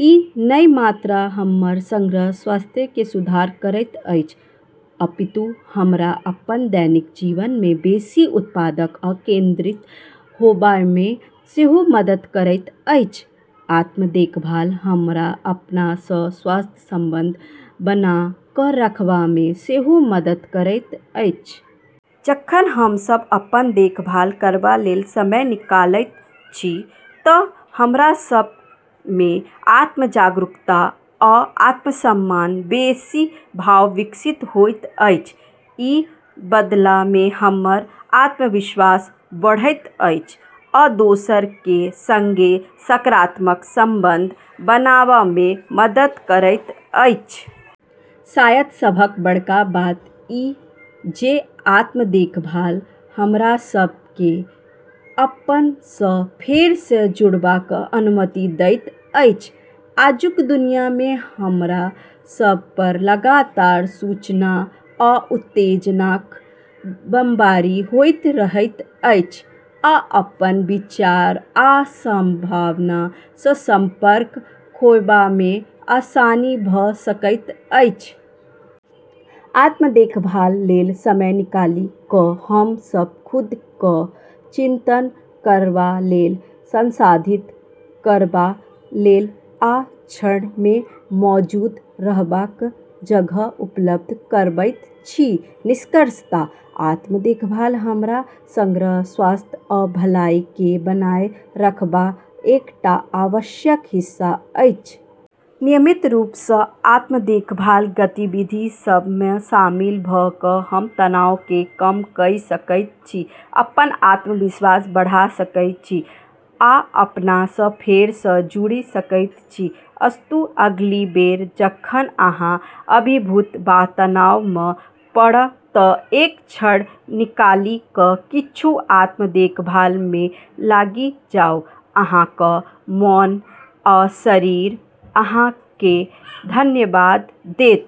ई नहि मात्र हमर समग्र स्वास्थ्य मे सुधार करैत अछि, अपितु हमरा अपन दैनिक जीवन मे बेसी उत्पादक आ केंद्रित होएबामे सेहो मदद करैत अछि। आत्म-देखभाल हमरा अपना सँ स्वस्थ संबंध बना कऽ रखबामे सेहो मदद करैत अछि। जखन हम सभ अपन देखभाल करबा लेल समय निकालैत छी तँ हमरा सभ मे आत्म-जागरूकता आ आत्मसम्मानक बेसी भाव विकसित होइत अछि। ई बदला मे हमर आत्मविश्वास बढ़ाबैत अछि आ दोसरा केँ संगे सकारात्मक संबंध बनाबामे मदद करैत अछि। शायद सबसँ बड़का बात ई जे आत्म-देखभाल हमरा सभ केँ अपना सँ फेर सँ जुड़बाक अनुमति दैत अछि। आजुक दुनिया मे हमरा सभ पर लगातार सूचना आ उत्तेजनाक बमबारी होइत रहैत अछि, आ अपन विचार आ भावना सँ संपर्क खोएबामे आसानी भऽ सकैत अछि। आत्म-देखभाल लेल समय निकालि कऽ हम सब खुद केँ चिंतन करबा लेल, संसाधित करबा लेल आ क्षण मे मौजूद रहबाक जगह उपलब्ध करबैत छी। निष्कर्षतः, आत्म-देखभाल हमर समग्र स्वास्थ्य आ भलाइ केँ बनाए रखबाक एकटा आवश्यक हिस्सा अछि। नियमित रूप सँ आत्म-देखभाल गतिविधि सभ मे शामिल भऽ कऽ हम तनाव केँ कम कइ सकैत छी, अपन आत्मविश्वास बढ़ा सकैत छी आ अपना सँ फेर सँ जुड़ि सकैत छी। अस्तु अगिला बेर जखन अहाँ अभिभूत वा तनाव मे पड़ब तँ एक क्षण निकालि कऽ किछु आत्म-देखभाल मे लागि जाउ - अहाँक मोन आ शरीर अहाँ केँ धन्यवाद देत।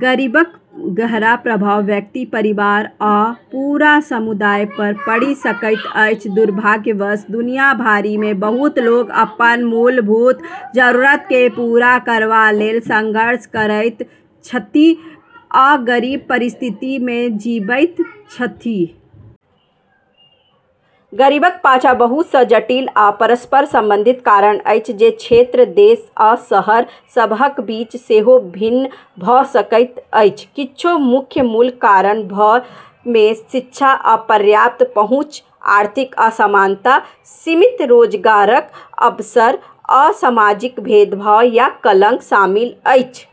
गरीबीक गहरा प्रभाव व्यक्ति, परिवार आ पूरा समुदाय पर पड़ि सकैत अछि। दुर्भाग्यवश दुनिया भरि मे बहुत लोक अपन मूलभूत जरूरत केँ पूरा करबा लेल संघर्ष करैत छथि आ गरीब परिस्थिति मे जीबैत छथि। गरीबीक पाछाँ बहुत सँ जटिल आ परस्पर संबंधित कारण अछि जे क्षेत्र, देश, आ शहर सभक बीच सेहो भिन्न भऽ सकैत अछि। किछु मुख्य मूल कारण सभ मे शिक्षाक अपर्याप्त पहुँच, आर्थिक असमानता, सीमित रोजगारक अवसर, आ सामाजिक भेदभाव या कलंक शामिल अछि।